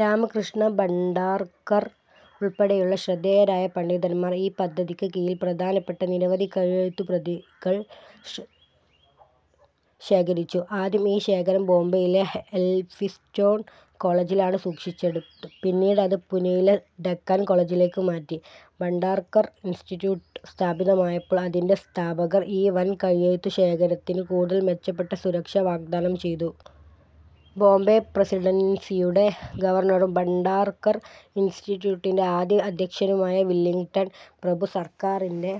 രാമകൃഷ്ണ ഭണ്ഡാർക്കർ ഉൾപ്പെടെയുള്ള ശ്രദ്ധേയരായ പണ്ഡിതന്മാർ ഈ പദ്ധതിക്ക് കീഴിൽ പ്രധാനപ്പെട്ട നിരവധി കൈയെഴുത്തുപ്രതികൾ ശേഖരിച്ചു. ആദ്യം ഈ ശേഖരം ബോംബെയിലെ എൽഫിൻസ്റ്റോൺ കോളേജിലാണ് സൂക്ഷിച്ചത്. പിന്നീട് അത് പൂനെയിലെ ഡക്കാൻ കോളേജിലേക്ക് മാറ്റി. ഭണ്ഡാർക്കർ ഇൻസ്റ്റിറ്റ്യൂട്ട് സ്ഥാപിതമായപ്പോൾ അതിൻ്റെ സ്ഥാപകർ ഈ വൻ കൈയെഴുത്തുശേഖരത്തിന് കൂടുതൽ മെച്ചപ്പെട്ട സുരക്ഷ വാഗ്ദാനം ചെയ്തു. ബോംബെ പ്രസിഡൻസിയുടെ ഗവർണറും ഭണ്ഡാർക്കർ ഇൻസ്റ്റിറ്റ്യൂട്ടിൻ്റെ ആദ്യ അധ്യക്ഷനുമായ വില്ലിംഗ്ടൺ പ്രഭു, സർക്കാരിൻ്റെ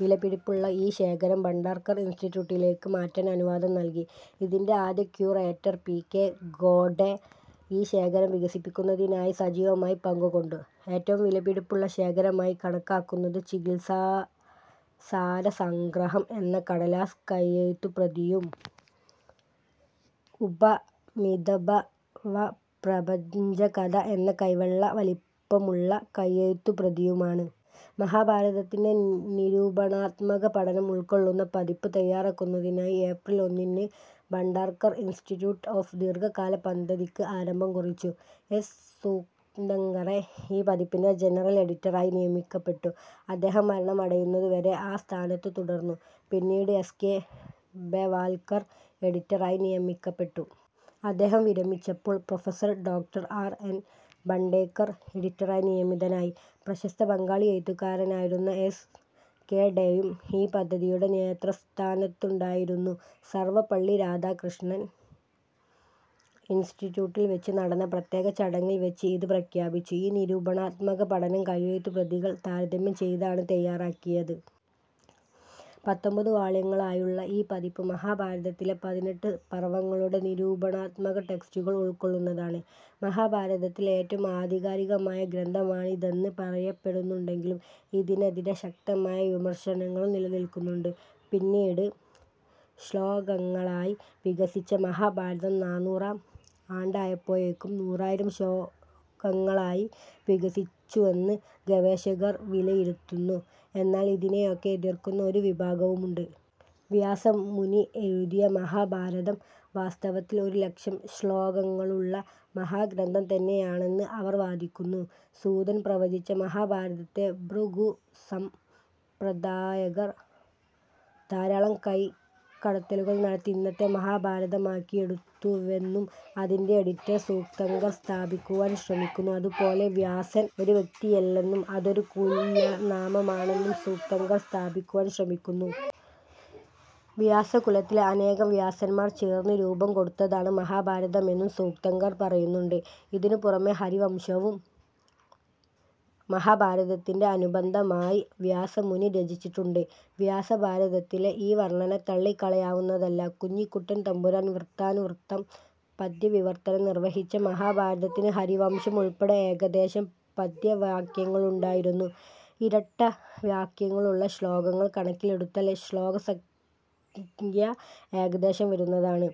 വിലപിടിപ്പുള്ള ഈ ശേഖരം ഭണ്ഡാർക്കർ ഇൻസ്റ്റിറ്റ്യൂട്ടിലേക്ക് മാറ്റാൻ അനുവാദം നൽകി. ഇതിൻ്റെ ആദ്യ ക്യൂറേറ്റർ പി. കെ. ഖോഡെ ഈ ശേഖരം വികസിപ്പിക്കുന്നതിനായി സജീവമായി പങ്കുകൊണ്ടു. ഏറ്റവും വിലപിടിപ്പുള്ള ശേഖരമായി കണക്കാക്കുന്നത് ചികിത്സാസാരസംഗ്രഹം എന്ന കടലാസ് കൈയെഴുത്തുപ്രതിയും ഉപമിതഭവപ്രപഞ്ചകഥ എന്ന കൈവെള്ള വലിപ്പമുള്ള കൈയെഴുത്തുപ്രതിയുമാണ്. മഹാഭാരതത്തിൻ്റെ നിരൂപണാത്മക പഠനം ഉൾക്കൊള്ളുന്ന പതിപ്പ് തയ്യാറാക്കുന്നതിനായി ഏപ്രിൽ ഒന്നിന് ഭണ്ഡാർക്കർ ഇൻസ്റ്റിറ്റ്യൂട്ട് ഓഫ്‌ ദീർഘകാല പദ്ധതിക്ക് ആരംഭം കുറിച്ചു. എസ്. സൂക്തങ്കറെ ഈ പതിപ്പിൻ്റെ ജനറൽ എഡിറ്ററായി നിയമിക്കപ്പെട്ടു. അദ്ദേഹം മരണമടയുന്നത് വരെ ആ സ്ഥാനത്ത് തുടർന്നു. പിന്നീട് എസ്. കെ. ബെവാൽക്കർ എഡിറ്ററായി നിയമിക്കപ്പെട്ടു. അദ്ദേഹം വിരമിച്ചപ്പോൾ professor doctor R. N. Dandekar എഡിറ്ററായി നിയമിതനായി. പ്രശസ്ത ബംഗാളി എഴുത്തുകാരനായിരുന്ന എസ്. കെ. ഡേയും ഈ പദ്ധതിയുടെ നേതൃസ്ഥാനത്തുണ്ടായിരുന്നു. സർവപള്ളി രാധാകൃഷ്ണൻ ഇൻസ്റ്റിറ്റ്യൂട്ടിൽ വെച്ച് നടന്ന പ്രത്യേക ചടങ്ങിൽ വെച്ച് ഇത് പ്രഖ്യാപിച്ചു.ഈ നിരൂപണാത്മക പഠനം കൈയെഴുത്തുപ്രതികൾ താരതമ്യം ചെയ്താണ് തയ്യാറാക്കിയത്. പത്തൊമ്പത് വാള്യങ്ങളായുള്ള ഈ പതിപ്പ് മഹാഭാരതത്തിലെ പതിനെട്ട് പർവ്വങ്ങളുടെ നിരൂപണാത്മക ടെക്സ്റ്റുകൾ ഉൾക്കൊള്ളുന്നതാണ്. മഹാഭാരതത്തിലെ ഏറ്റവും ആധികാരികമായ ഗ്രന്ഥമാണിതെന്ന് പറയപ്പെടുന്നുണ്ടെങ്കിലും ഇതിനെതിരെ ശക്തമായ വിമർശനങ്ങളും നിലനിൽക്കുന്നുണ്ട്. പിന്നീട് ശ്ലോകങ്ങളായി വികസിച്ച മഹാഭാരതം, നാനൂറാം ആണ്ടായപ്പോഴേക്കും നൂറായിരം ശോകങ്ങളായി വികസിച്ചുവെന്ന് ഗവേഷകർ വിലയിരുത്തുന്നു. എന്നാൽ ഇതിനെയൊക്കെ എതിർക്കുന്ന ഒരു വിഭാഗവുമുണ്ട്. വ്യാസമുനി എഴുതിയ മഹാഭാരതം വാസ്തവത്തിൽ ഒരു ലക്ഷം ശ്ലോകങ്ങളുള്ള മഹാഗ്രന്ഥം തന്നെയാണെന്ന് അവർ വാദിക്കുന്നു. സൂതൻ പ്രവചിച്ച മഹാഭാരതത്തെ ഭൃഗു സംപ്രദായകർ ധാരാളം കൈകടത്തലുകൾ നടത്തി ഇന്നത്തെ മഹാഭാരതമാക്കിയെടുത്തുവെന്നും അതിൻ്റെ എഡിറ്റർ സൂക്തങ്കർ സ്ഥാപിക്കുവാൻ ശ്രമിക്കുന്നു. അതുപോലെ വ്യാസൻ ഒരു വ്യക്തിയല്ലെന്നും അതൊരു കുലനാമമാണെന്നും സൂക്തങ്കർ സ്ഥാപിക്കുവാൻ ശ്രമിക്കുന്നു. വ്യാസകുലത്തിലെ അനേകം വ്യാസന്മാർ ചേർന്ന് രൂപം കൊടുത്തതാണ് മഹാഭാരതമെന്നും സൂക്തങ്കർ പറയുന്നുണ്ട്. ഇതിനു പുറമെ ഹരിവംശവും മഹാഭാരതത്തിൻ്റെ അനുബന്ധമായി വ്യാസമുനി രചിച്ചിട്ടുണ്ട്. വ്യാസഭാരതത്തിലെ ഈ വർണന തള്ളിക്കളയാവുന്നതല്ല. കുഞ്ഞിക്കുട്ടൻ തമ്പുരാൻ വൃത്താനുവൃത്തം പദ്യവിവർത്തനം നിർവഹിച്ച മഹാഭാരതത്തിന് ഹരിവംശം ഉൾപ്പെടെ ഏകദേശം പദ്യവാക്യങ്ങളുണ്ടായിരുന്നു. ഇരട്ട വാക്യങ്ങളുള്ള ശ്ലോകങ്ങൾ കണക്കിലെടുത്താൽ ശ്ലോകസംഖ്യ ഏകദേശം വരുന്നതാണ്.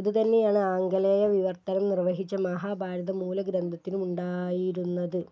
ഇതുതന്നെയാണ് ആംഗലേയ വിവർത്തനം നിർവഹിച്ച മഹാഭാരതം മൂലഗ്രന്ഥത്തിനും ഉണ്ടായിരുന്നത്.